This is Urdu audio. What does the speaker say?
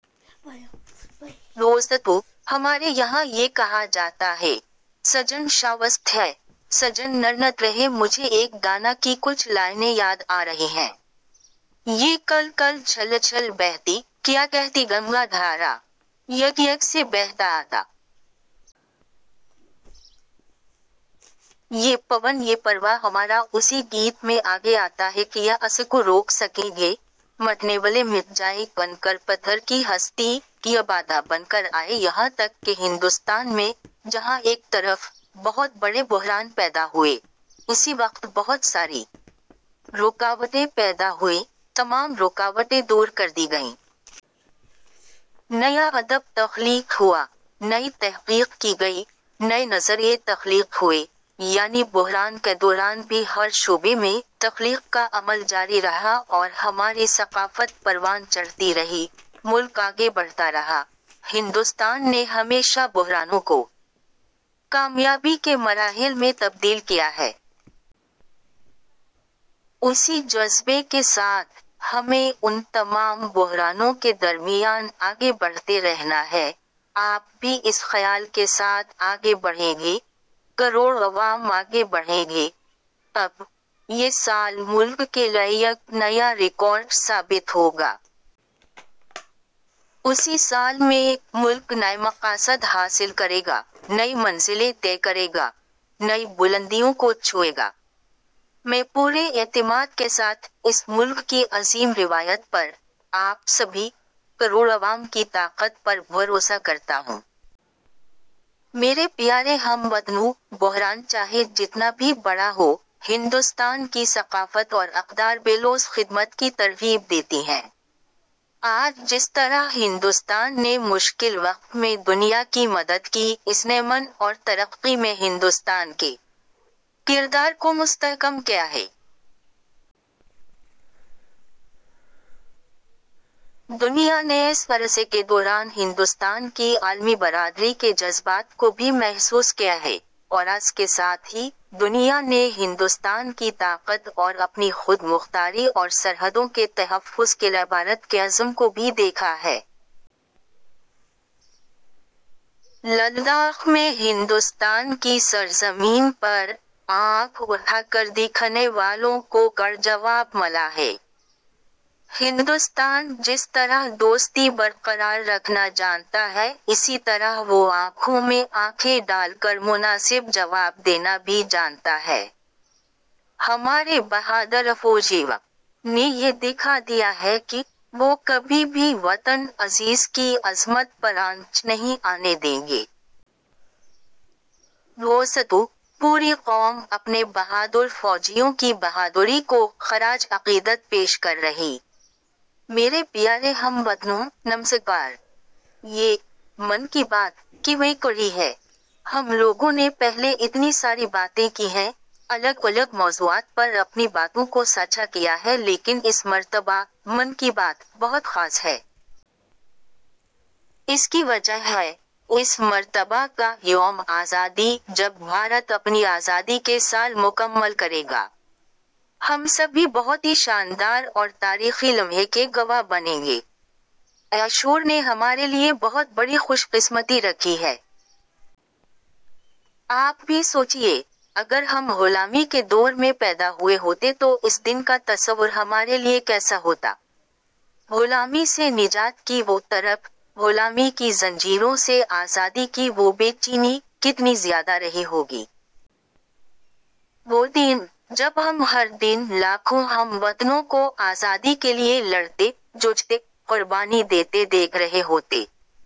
دوستو، ہمارے یہاں یہ کہا جاتاہے، سجن شاوست ہے، سجن نرنت رہے مجھے ایک گانا کی کچھ لائنیں یاد آرہی ہیں۔ یہ کل کل چھلچھل بہتی، کیاکہتی گنگا دھارا؟ یگ یگ سے بہتا آتا، یہ پون یہ پروا ہمارا اسی گیت میں آگے آتاہے کیا اسکو روک سکیں گے، مٹنےوالے مٹ جائیں کنکرپتھرکی ہستی، کیابادھا بنکر آئے یہاں تک کہ ہندوستان میں، جہاں ایک طرف، بہت بڑے بحران پیدا ہوئے، اسی وقت بہت ساری رکاوٹیں پیدا ہوئیں، تمام رکاوٹیں دور کردی گئیں۔ نیا ادب تخلیق ہوا، نئی تحقیق کی گئی، نئے نظریے تخلیق ہوئے، یعنی بحران کےدوران بھی ہر شعبے میں، تخلیق کا عمل جاری رہا اور ہماری ثقافت پروان چڑھتی رہی، ملک آگے بڑھتا رہا، ہندوستان نے ہمیشہ بحرانوں کو کامیابی کے مراحل میں تبدیل کیا ہے۔ اسی جذبے کے ساتھ، ہمیں ان تمام بحرانوں کے درمیان آگے بڑھتے رہنا ہے، آپ بھی اس خیال کے ساتھ آگے بڑھیں گے، کروڑ عوام آگے بڑھیں گے، تب، یہ سال ملک کے لئےایک نیا ریکارڈ ثابت ہوگا۔ اسی سال میں، ملک نئےمقاصد حاصل کرےگا، نئی منزلیں طے کرےگا، نئی بلندیوں کو چھوئےگا۔ میں پورے اعتماد کےساتھ، اس ملک کی عظیم روایت پر، آپ سبھی، کروڑعوام کی طاقت پر بھروسہ کرتاہوں۔ میرے پیارے ہم وطنو، بحران چاہے جتنا بھی بڑا ہو، ہندستان کی ثقافت اور اقداربےلوث خدمت کی ترغیب دیتی ہیں۔ آج جس طرح ہندوستان نے مشکل وقت میں دنیا کی مدد کی، اس نےامن اور ترقی میں ہندوستان کے کردارکومستحکم کیاہے۔ دنیا نےاس عرصےکےدوران ہندوستان کی عالمی برادری کے جذبات کو بھی محسوس کیاہے، اوراس کے ساتھ ہی، دنیا نے ہندوستان کی طاقت اور اپنی خود مختاری اور سرحدوں کے تحفظ کےلئےبھارت کےعزم کو بھی دیکھا ہے۔ لداخ میں ہندوستان کی سرزمین پر، آنکھ اٹھاکردیکھنے والوں کوکڑاجواب ملاہے۔ ہندوستان جس طرح دوستی برقرار رکھنا جانتا ہے اسی طرح وہ آنکھوں میں آنکھیں ڈال کرمناسب جواب دینا بھی جانتا ہے۔ ہمارے بہادرفوجیوں نے یہ دکھا دیا ہے کہ، وہ کبھی بھی وطن عزیز کی عظمت پرآنچ نہیں آنے دیں گے۔ دوستو، پوری قوم اپنے بہادر فوجیوں کی بہادری کو خراج عقیدت پیش کر رہی. میرے پیارے ہم وطنوں ، نمسکار! یہ 'من کی بات 'کی ویں کڑی ہے۔ ہم لوگوں نے پہلے اتنی ساری باتیں کی ہیں، الگ الگ موضوعات پر اپنی باتوں کو ساجھا کیا ہے لیکن اس مرتبہ ' من کی بات ' بہت خاص ہے۔ اس کی وجہ ہے ، اس مرتبہ کا یوم آزادی ، جب بھارت اپنی آزادی کے سال مکمل کرے گا۔ ہم سبھی بہت ہی شاندار اور تاریخی لمحے کے گواہ بنیں گے۔ ایشور نے ہمارے لئے بہت بڑی خوش قسمتی رکھی ہے۔ آپ بھی سوچیئے ، اگر ہم غلامی کے دور میں پیدا ہوئے ہوتے تو اس دن کا تصور ہمارے لئے کیسا ہوتا ؟ غلامی سے نجات کی وہ تڑپ، غلامی کی زنجیروں سے آزادی کی وہ بے چینی- کتنی زیادہ رہی ہوگی۔ وہ دن ، جب ہم ہر دن لاکھوں ہم وطنوں کو آزادی کے لئے لڑتے ، جوجھتے ، قربانی دیتے دیکھ رہے ہوتے۔